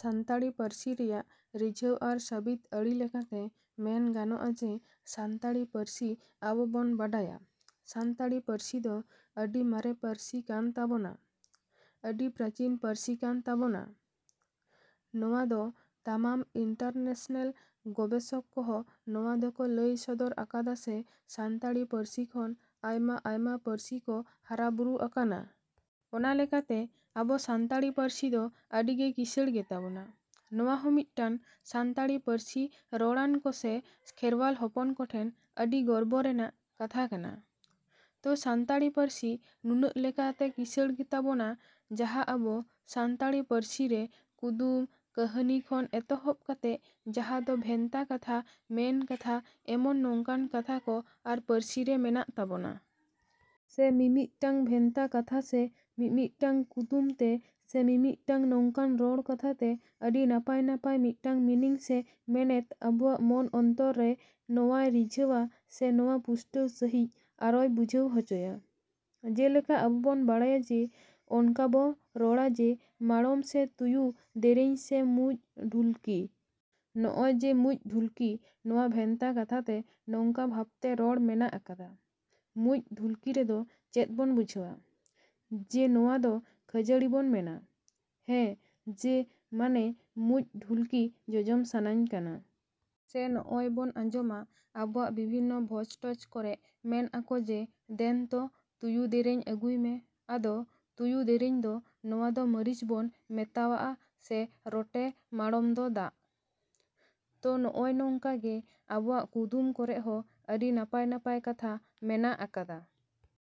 ᱥᱟᱱᱛᱟᱲᱤ ᱯᱟᱹᱨᱥᱤ ᱨᱮᱭᱟᱜ ᱨᱤᱡᱷᱟᱹᱣ ᱟᱨ ᱥᱟᱹᱵᱤᱠ ᱟᱹᱲᱟᱹ ᱞᱮᱠᱟᱛᱮ ᱢᱮᱱ ᱜᱟᱱᱚᱜᱼᱟ ᱡᱮ, ᱥᱟᱱᱛᱟᱲᱤ ᱯᱟᱹᱨᱥᱤ ᱟᱵᱚ ᱵᱚᱱ ᱵᱟᱰᱟᱭᱟ, ᱥᱟᱱᱛᱟᱲᱤ ᱯᱟᱹᱨᱥᱤ ᱫᱚ ᱟᱹᱰᱤ ᱢᱟᱨᱮ ᱯᱟᱹᱨᱥᱤ ᱠᱟᱱ ᱛᱟᱵᱚᱱᱟ, ᱟᱹᱰᱤ ᱯᱨᱟᱪᱤᱱ ᱯᱟᱹᱨᱥᱤ ᱠᱟᱱ ᱛᱟᱵᱚᱱᱟ᱾ ᱱᱚᱣᱟ ᱫᱚ ᱛᱟᱢᱟᱢ ᱤᱱᱴᱟᱨᱱᱮᱥᱱᱮᱞ ᱜᱚᱵᱮᱥᱚᱠ ᱠᱚᱦᱚᱸ ᱱᱚᱣᱟ ᱫᱚᱠᱚ ᱞᱟᱹᱭ ᱥᱚᱫᱚᱨ ᱟᱠᱟᱫᱟ ᱥᱮ ᱥᱟᱱᱛᱟᱲᱤ ᱯᱟᱹᱨᱥᱤ ᱠᱷᱚᱱ ᱟᱭᱢᱟ-ᱟᱭᱢᱟ ᱯᱟᱹᱨᱥᱤ ᱠᱚ ᱦᱟᱨᱟ ᱵᱩᱨᱩᱣᱟᱠᱟᱱᱟ᱾ ᱚᱱᱟ ᱞᱮᱠᱟᱛᱮ ᱟᱵᱚ ᱥᱟᱱᱛᱟᱲᱤ ᱯᱟᱹᱨᱥᱤ ᱫᱚ ᱟᱹᱰᱤ ᱜᱮ ᱠᱤᱥᱟᱹᱬ ᱜᱮᱛᱟ ᱵᱚᱱᱟ᱾ ᱱᱚᱣᱟ ᱦᱚᱸ ᱢᱤᱫᱴᱟᱝ ᱥᱟᱱᱛᱟᱲᱤ ᱯᱟᱹᱨᱥᱤ ᱨᱚᱲᱣᱟᱱ ᱠᱚ ᱥᱮ ᱠᱷᱮᱨᱣᱟᱞ ᱦᱚᱯᱚᱱ ᱠᱚᱴᱷᱮᱱ ᱫᱚ ᱟᱹᱰᱤ ᱜᱚᱨᱚᱵᱽ ᱨᱮᱱᱟᱜ ᱠᱟᱛᱷᱟ ᱠᱟᱱᱟ᱾ ᱛᱚ ᱥᱟᱱᱛᱟᱲᱤ ᱯᱟᱹᱨᱥᱤ ᱱᱩᱱᱟᱹᱜ ᱞᱮᱠᱟᱛᱮ ᱠᱤᱥᱟᱹᱬ ᱛᱟᱵᱚᱱᱟ ᱡᱟᱦᱟᱸ ᱟᱵᱚ ᱥᱟᱱᱛᱟᱲᱤ ᱯᱟᱹᱨᱥᱤ ᱨᱮ ᱠᱩᱫᱩᱢ, ᱠᱟᱹᱦᱟᱹᱱᱤ ᱠᱷᱚᱱ ᱮᱦᱚᱵ ᱠᱟᱛᱮᱫ ᱡᱟᱦᱟᱸ ᱫᱚ ᱵᱷᱮᱱᱛᱟ ᱠᱟᱛᱷᱟ, ᱢᱮᱱ ᱠᱟᱛᱷᱟ, ᱮᱢᱟᱱ ᱱᱚᱝᱠᱟᱱ ᱠᱟᱛᱷᱟ ᱠᱚ ᱟᱵᱚ ᱯᱟᱹᱨᱥᱤ ᱨᱮ ᱢᱮᱱᱟᱜ ᱟᱠᱟᱫᱟ᱾ ᱥᱮ ᱢᱤᱢᱤᱫᱴᱟᱝ ᱵᱷᱮᱱᱛᱟ ᱠᱟᱛᱷᱟ ᱥᱮ ᱢᱤᱢᱤᱫᱴᱟᱝ ᱠᱩᱫᱩᱢ ᱛᱮ ᱥᱮ ᱢᱤᱢᱤᱫᱴᱟᱝ ᱱᱚᱝᱠᱟᱱ ᱨᱚᱲ ᱠᱟᱛᱷᱟ ᱛᱮ ᱟᱹᱰᱤ ᱱᱟᱯᱟᱭ-ᱱᱟᱯᱟᱭ ᱢᱤᱫᱴᱟᱝ ᱢᱤᱱᱤᱝ ᱥᱮ ᱢᱮᱱᱮᱛ ᱟᱵᱚᱣᱟᱜ ᱢᱚᱱ ᱚᱱᱛᱚᱨᱮᱭ ᱱᱚᱣᱟᱭ ᱨᱤᱡᱷᱟᱹᱣᱟᱭ ᱥᱮ ᱱᱚᱣᱟ ᱯᱩᱥᱴᱟᱹᱣ ᱥᱟᱺᱦᱤᱡ ᱟᱨᱚᱭ ᱵᱩᱡᱷᱟᱹᱣ ᱦᱚᱪᱚᱭᱟ᱾ ᱡᱮᱞᱮᱠᱟ ᱟᱵᱚ ᱵᱚᱱ ᱵᱟᱲᱟᱭᱟ ᱡᱮ ᱚᱱᱠᱟ ᱵᱚ ᱨᱚᱲᱟ ᱡᱮ ᱨᱚᱴᱮ ᱢᱟᱬᱚᱢ ᱥᱮ ᱛᱩᱭᱩ ᱫᱮᱨᱮᱧ ᱥᱮ ᱢᱩᱸᱡ ᱰᱷᱩᱞᱠᱤ᱾ ᱱᱚᱜᱼᱚᱭ ᱡᱮ ᱢᱩᱸᱡ ᱰᱷᱩᱞᱠᱤ ᱱᱚᱣᱟ ᱵᱷᱮᱱᱛᱟ ᱠᱟᱛᱷᱟ ᱛᱮ ᱱᱚᱝᱠᱟ ᱵᱷᱟᱵᱽ ᱛᱮ ᱨᱚᱲ ᱢᱮᱱᱟᱜ ᱟᱠᱟᱫᱟ᱾ ᱢᱩᱸᱡ ᱰᱷᱩᱞᱠᱤ ᱨᱮᱫᱚ ᱪᱮᱫ ᱵᱚᱱ ᱵᱩᱡᱷᱟᱹᱣᱟ? ᱡᱮ ᱱᱚᱣᱟ ᱫᱚ ᱠᱷᱟᱹᱡᱟᱹᱲᱤ ᱵᱚᱱ ᱢᱮᱱᱟ᱾ ᱦᱮᱸ ᱡᱮ ᱢᱟᱱᱮ ᱢᱩᱸᱡ ᱰᱷᱩᱞᱠᱤ ᱡᱚᱡᱚᱢ ᱥᱟᱱᱟᱹᱧ ᱠᱟᱱᱟ᱾ ᱥᱮ ᱱᱚᱜᱼᱚᱭ ᱵᱚᱱ ᱟᱡᱚᱢᱟ ᱟᱵᱚᱣᱟᱜ ᱵᱤᱵᱷᱤᱱᱱᱚ ᱵᱷᱚᱡᱽ ᱴᱚᱡᱽ ᱠᱚᱨᱮ ᱢᱮᱱᱟᱜ ᱠᱚ ᱡᱮ ᱫᱮᱱ ᱛᱚ ᱛᱩᱭᱩ ᱫᱮᱨᱮᱧ ᱟᱹᱜᱩᱭ ᱢᱮ᱾ ᱟᱫᱚ ᱛᱩᱭᱩ ᱫᱮᱨᱮᱧ ᱫᱚ ᱱᱚᱣᱟ ᱫᱚ ᱢᱟᱹᱨᱤᱪ ᱵᱚᱱ ᱢᱮᱛᱟᱜᱼᱟ ᱥᱮ ᱨᱚᱴᱮ ᱢᱟᱬᱚᱢ ᱫᱚ ᱫᱟᱜ᱾ ᱛᱚ ᱱᱚᱜᱼᱚᱭ ᱱᱚᱝᱠᱟ ᱜᱮ ᱟᱵᱚᱣᱟᱜ ᱠᱩᱫᱩᱢ ᱠᱚᱨᱮ ᱦᱚᱸ ᱟᱹᱰᱤ ᱱᱟᱯᱟᱭᱼᱱᱟᱯᱟᱭ ᱠᱟᱛᱷᱟ ᱢᱮᱱᱟᱜ ᱟᱠᱟᱫᱟ᱾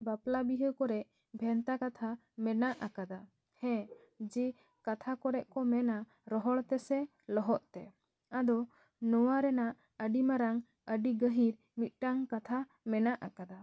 ᱵᱟᱯᱞᱟ ᱵᱤᱦᱟᱹ ᱠᱚᱨᱮ ᱵᱷᱮᱱᱛᱟ ᱠᱟᱛᱷᱟ ᱢᱮᱱᱟᱜ ᱟᱠᱟᱫᱟ᱾ ᱦᱮᱸ ᱡᱮ ᱠᱟᱛᱷᱟ ᱨᱮᱠᱚ ᱢᱮᱱᱟ ᱨᱚᱦᱚᱲ ᱛᱮ ᱥᱮ ᱞᱚᱦᱚᱫ ᱛᱮ᱾ ᱟᱫᱚ ᱱᱚᱣᱟ ᱨᱮᱱᱟᱜ ᱟᱹᱰᱤ ᱢᱟᱨᱟᱝ ᱟᱹᱰᱤ ᱜᱟᱹᱦᱤᱨ ᱢᱤᱫᱴᱟᱝ ᱠᱟᱛᱷᱟ ᱢᱮᱱᱟᱜ ᱟᱠᱟᱫᱟ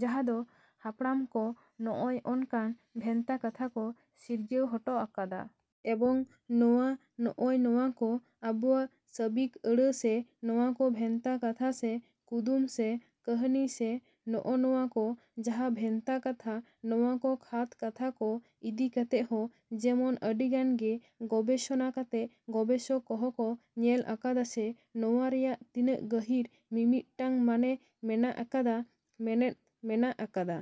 ᱡᱟᱦᱟᱸ ᱫᱚ ᱦᱟᱯᱲᱟᱢ ᱠᱚ ᱱᱚᱜᱼᱚᱭ ᱚᱱᱠᱟᱱ ᱵᱷᱮᱱᱛᱟ ᱠᱟᱛᱷᱟ ᱠᱚ ᱥᱤᱨᱡᱟᱹᱣ ᱦᱚᱴᱚ ᱟᱠᱟᱫᱟ᱾ ᱮᱵᱚᱝ ᱱᱚᱣᱟ ᱱᱚᱜᱼᱚᱭ ᱱᱚᱣᱟ ᱠᱚ ᱟᱵᱚᱣᱟᱜ ᱥᱟᱹᱵᱤᱠ ᱟᱹᱲᱟᱹ ᱥᱮ ᱱᱚᱣᱟ ᱠᱚ ᱵᱷᱮᱱᱛᱟ ᱠᱟᱛᱷᱟ ᱥᱮ ᱠᱩᱫᱩᱢ ᱥᱮ ᱠᱟᱹᱦᱟᱹᱱᱤ ᱥᱮ ᱱᱚᱜᱼᱱᱟ ᱠᱚ ᱡᱟᱦᱟᱸ ᱵᱷᱮᱱᱛᱟ ᱠᱟᱛᱷᱟ ᱱᱚᱣᱟ ᱠᱚ ᱠᱷᱟᱛ ᱠᱟᱛᱷᱟ ᱠᱚ ᱤᱫᱤ ᱠᱟᱛᱮ ᱦᱚᱸ ᱡᱮᱱᱚᱢ ᱟᱹᱰᱤ ᱜᱟᱱ ᱜᱮ ᱜᱚᱵᱮᱥᱚᱱᱟ ᱠᱟᱛᱮ ᱜᱚᱵᱮᱥᱚᱠ ᱠᱚᱦᱚᱸ ᱠᱚ ᱧᱮᱞ ᱟᱠᱟᱫᱟ ᱥᱮ ᱱᱚᱣᱟ ᱨᱮᱱᱟᱜ ᱛᱤᱱᱟᱹᱜ ᱜᱟᱹᱦᱤᱨ ᱢᱤᱢᱤᱫᱴᱟᱝ ᱢᱟᱱᱮ ᱢᱮᱱᱟᱜ ᱟᱠᱟᱫᱟ, ᱢᱮᱱᱮᱛ ᱢᱮᱱᱟᱜ ᱟᱠᱟᱫᱟ᱾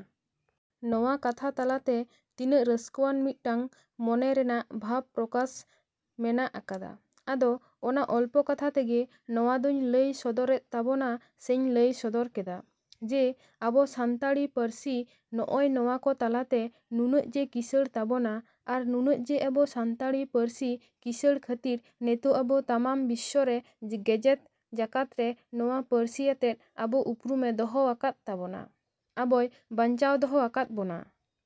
ᱱᱚᱣᱟ ᱠᱟᱛᱷᱟ ᱛᱟᱞᱟᱛᱮ ᱛᱤᱱᱟᱹᱜ ᱨᱟᱹᱥᱠᱟᱹᱣᱟᱱ ᱢᱤᱫᱴᱟᱝ ᱢᱚᱱᱮ ᱨᱮᱱᱟᱜ ᱵᱷᱟᱵᱽ ᱯᱨᱚᱠᱟᱥ ᱢᱮᱱᱟᱜ ᱟᱠᱟᱫᱟ᱾ ᱟᱫᱚ ᱚᱱᱟ ᱚᱞᱯᱚ ᱠᱟᱛᱷᱟ ᱛᱮᱜᱮ ᱱᱚᱣᱟ ᱫᱚᱹᱧ ᱞᱟᱹᱭ ᱥᱚᱫᱚᱨᱮᱫ ᱛᱟᱵᱚᱱᱟ ᱥᱮᱧ ᱞᱟᱹᱭ ᱥᱚᱫᱚᱨ ᱠᱮᱫᱟ ᱡᱮ ᱟᱵᱚ ᱥᱟᱱᱛᱟᱲᱤ ᱯᱟᱹᱨᱥᱤ ᱱᱚᱜᱼᱚᱭ ᱱᱚᱣᱟ ᱠᱚ ᱛᱟᱞᱟᱛᱮ ᱱᱩᱱᱟᱹᱜ ᱡᱮ ᱠᱤᱥᱟᱹᱬ ᱛᱟᱵᱚᱱᱟ ᱟᱨ ᱱᱩᱱᱟᱹᱜ ᱡᱮ ᱟᱵᱚ ᱥᱟᱱᱛᱟᱲᱤ ᱯᱟᱹᱨᱥᱤ ᱠᱤᱥᱟᱹᱲ ᱠᱷᱟᱹᱛᱤᱨ ᱱᱤᱛᱦᱚᱸ ᱟᱵᱚ ᱛᱟᱢᱟᱢ ᱵᱤᱥᱥᱚ ᱨᱮ ᱜᱮᱡᱮᱛ ᱡᱟᱠᱟᱛ ᱨᱮ ᱱᱚᱣᱟ ᱯᱟᱹᱨᱥᱤ ᱟᱛᱮᱫ ᱟᱵᱚ ᱩᱯᱨᱩᱢᱮ ᱫᱚᱦᱚ ᱟᱠᱟᱫ ᱛᱟᱵᱚᱱᱟ, ᱟᱵᱚᱭ ᱵᱟᱧᱪᱟᱣ ᱫᱚᱦᱚ ᱟᱠᱟᱫ ᱵᱚᱱᱟ᱾।